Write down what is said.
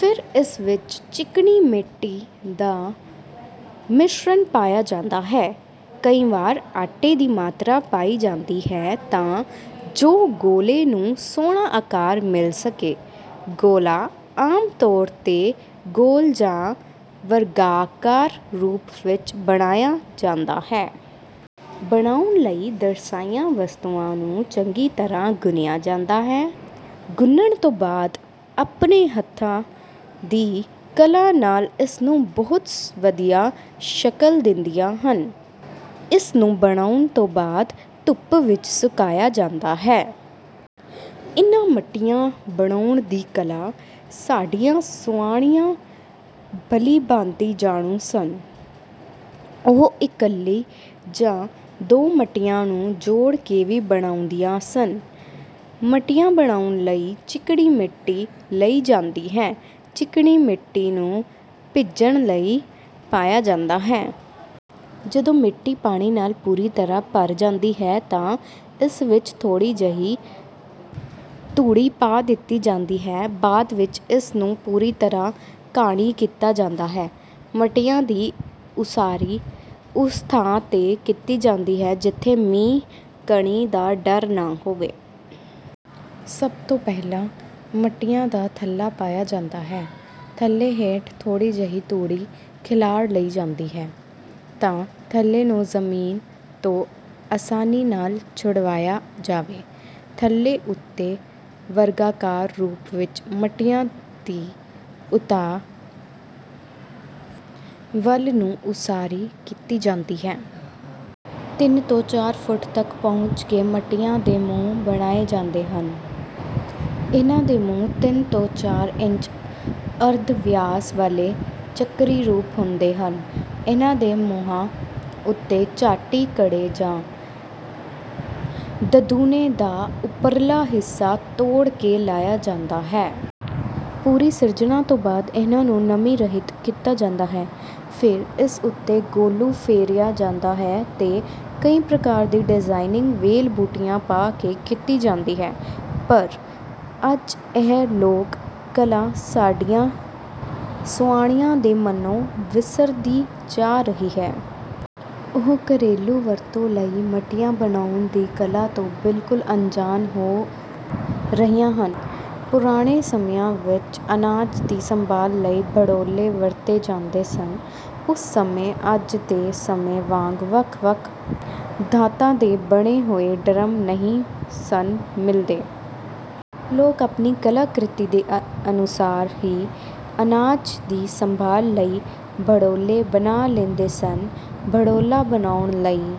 ਫਿਰ ਇਸ ਵਿੱਚ ਚੀਕਣੀ ਮਿੱਟੀ ਦਾ ਮਿਸ਼ਰਣ ਪਾਇਆ ਜਾਂਦਾ ਹੈ। ਕਈ ਵਾਰ ਆਟੇ ਦੀ ਮਾਤਰਾ ਪਾਈ ਜਾਂਦੀ ਹੈ ਤਾਂ ਜੋ ਗੋਲੇ ਨੂੰ ਸੋਹਣਾ ਆਕਾਰ ਮਿਲ ਸਕੇ। ਗੋਲਾ ਆਮ ਤੌਰ ਤੇ ਗੋਲ ਜਾਂ ਵਰਗਾਕਾਰ ਰੂਪ ਵਿੱਚ ਬਣਾਇਆ ਜਾਂਦਾ ਹੈ। ਬਣਾਉਣ ਲਈ ਦਰਸਾਈਆਂ ਵਸਤੂਆਂ ਨੂੰ ਚੰਗੀ ਤਰ੍ਹਾਂ ਗੁੰਨਿਆ ਜਾਂਦਾ ਹੈ। ਗੁੰਨਣ ਤੋਂ ਬਾਅਦ ਆਪਣੇ ਹੱਥਾਂ ਦੀ ਕਲਾ ਨਾਲ ਇਸ ਨੂੰ ਬਹੁਤ ਵਧੀਆ ਸ਼ਕਲ ਦਿੰਦੀਆਂ ਹਨ। ਇਸ ਨੂੰ ਬਣਾਉਣ ਤੋਂ ਬਾਅਦ ਧੁੱਪ ਵਿੱਚ ਸੁਕਾਇਆ ਜਾਂਦਾ ਹੈ। ਇਨ੍ਹਾਂ ਮੱਟੀਆਂ ਬਣਾਉਣ ਦੀ ਕਲਾ ਸਾਡੀਆਂ ਸੁਆਣੀਆਂ ਭਲੀ ਭਾਂਤੀ ਜਾਣੂ ਸਨ। ਉਹ ਇਕੱਲੀ ਜਾਂ ਦੋ ਮੱਟੀਆਂ ਨੂੰ ਜੋੜ ਕੇ ਵੀ ਬਣਾਉਂਦੀਆਂ ਸਨ। ਮੱਟੀਆਂ ਬਣਾਉਣ ਲਈ ਚੀਕਣੀ ਮਿੱਟੀ ਲਈ ਜਾਂਦੀ ਹੈ। ਚੀਕਣੀ ਮਿੱਟੀ ਨੂੰ ਭਿੱਜਣ ਲਈ ਪਾਇਆ ਜਾਂਦਾ ਹੈ। ਜਦੋਂ ਮਿੱਟੀ ਪਾਣੀ ਨਾਲ ਪੂਰੀ ਤਰ੍ਹਾਂ ਭਰ ਜਾਂਦੀ ਹੈ ਤਾਂ ਇਸ ਵਿੱਚ ਥੋੜ੍ਹੀ ਜਿਹੀ ਤੂੜੀ ਪਾ ਦਿੱਤੀ ਜਾਂਦੀ ਹੈ। ਬਾਅਦ ਵਿੱਚ ਇਸ ਨੂੰ ਪੂਰੀ ਤਰ੍ਹਾਂ ਘਾਣੀ ਕੀਤਾ ਜਾਂਦਾ ਹੈ। ਮੱਟੀਆਂ ਦੀ ਉਸਾਰੀ ਉਸ ਥਾਂ ਤੇ ਕੀਤੀ ਜਾਂਦੀ ਹੈ ਜਿੱਥੇ ਮੀਂਹ ਕਣੀ ਦਾ ਡਰ ਨਾ ਹੋਵੇ। ਸਭ ਤੋਂ ਪਹਿਲਾਂ ਮੱਟੀਆਂ ਦਾ ਥੱਲਾ ਪਾਇਆ ਜਾਂਦਾ ਹੈ। ਥੱਲੇ ਹੇਠ ਥੋੜ੍ਹੀ ਜਿਹੀ ਤੂੜੀ ਖਿਲਾਰ ਲਈ ਜਾਂਦੀ ਹੈ ਤਾਂ ਥੱਲੇ ਨੂੰ ਜ਼ਮੀਨ ਤੋਂ ਆਸਾਨੀ ਨਾਲ ਛੁਡਵਾਇਆ ਜਾਵੇ। ਥੱਲੇ ਉੱਤੇ ਵਰਗਾਕਾਰ ਰੂਪ ਵਿੱਚ ਮੱਟੀਆਂ ਦੀ ਉਤਾਂਹ ਵੱਲ ਨੂੰ ਉਸਾਰੀ ਕੀਤੀ ਜਾਂਦੀ ਹੈ। ਤਿੰਨ ਤੋਂ ਚਾਰ ਫੁੱਟ ਤੱਕ ਪਹੁੰਚ ਕੇ ਮੱਟੀਆਂ ਦੇ ਮੂੰਹ ਬਣਾਏ ਜਾਂਦੇ ਹਨ। ਇਨ੍ਹਾਂ ਦੇ ਮੂੰਹ ਤਿੰਨ ਤੋਂ ਚਾਰ ਇੰਚ ਅਰਧ ਵਿਆਸ ਵਾਲੇ ਚੱਕਰੀ ਰੂਪ ਹੁੰਦੇ ਹਨ। ਇਨ੍ਹਾਂ ਦੇ ਮੂੰਹਾਂ ਉੱਤੇ ਚਾਟੀ ਘੜੇ ਜਾਂ ਦਧੂਨੇ ਦਾ ਉਪਰਲਾ ਹਿੱਸਾ ਤੋੜ ਕੇ ਲਾਇਆ ਜਾਂਦਾ ਹੈ। ਪੂਰੀ ਸਿਰਜਣਾ ਤੋਂ ਬਾਅਦ ਇਨ੍ਹਾਂ ਨੂੰ ਨਮੀ ਰਹਿਤ ਕੀਤਾ ਜਾਂਦਾ ਹੈ। ਫਿਰ ਇਸ ਉੱਤੇ ਗੋਲੂ ਫੇਰਿਆ ਜਾਂਦਾ ਹੈ ਤੇ ਕਈ ਪ੍ਰਕਾਰ ਦੀ ਡਿਜ਼ਾਇਨਿੰਗ ਵੇਲ ਬੂਟੀਆਂ ਪਾ ਕੇ ਕੀਤੀ ਜਾਂਦੀ ਹੈ। ਪਰ ਅੱਜ ਇਹ ਲੋਕ ਕਲਾ ਸਾਡੀਆਂ ਸੁਆਣੀਆਂ ਦੇ ਮਨੋਂ ਵਿਸਰਦੀ ਜਾ ਰਹੀ ਹੈ। ਉਹ ਘਰੇਲੂ ਵਰਤੋਂ ਲਈ ਮੱਟੀਆਂ ਬਣਾਉਣ ਦੀ ਕਲਾ ਤੋਂ ਬਿਲਕੁਲ ਅਣਜਾਣ ਹੋ ਰਹੀਆਂ ਹਨ। ਪੁਰਾਣੇ ਸਮਿਆਂ ਵਿੱਚ ਅਨਾਜ ਦੀ ਸੰਭਾਲ ਲਈ ਭੜੋਲੇ ਵਰਤੇ ਜਾਂਦੇ ਸਨ। ਉਸ ਸਮੇਂ ਅੱਜ ਦੇ ਸਮੇਂ ਵਾਂਗ ਵੱਖ ਵੱਖ ਧਾਤਾਂ ਦੇ ਬਣੇ ਹੋਏ ਡਰੰਮ ਨਹੀਂ ਸਨ ਮਿਲਦੇ। ਲੋਕ ਆਪਣੀ ਕਲਾ ਕ੍ਰਿਤੀ ਦੇ ਅਨੁਸਾਰ ਹੀ ਅਨਾਜ ਦੀ ਸੰਭਾਲ ਲਈ ਭੜੋਲੇ ਬਣਾ ਲੈਂਦੇ ਸਨ। ਭੜੋਲਾ ਬਣਾਉਣ ਲਈ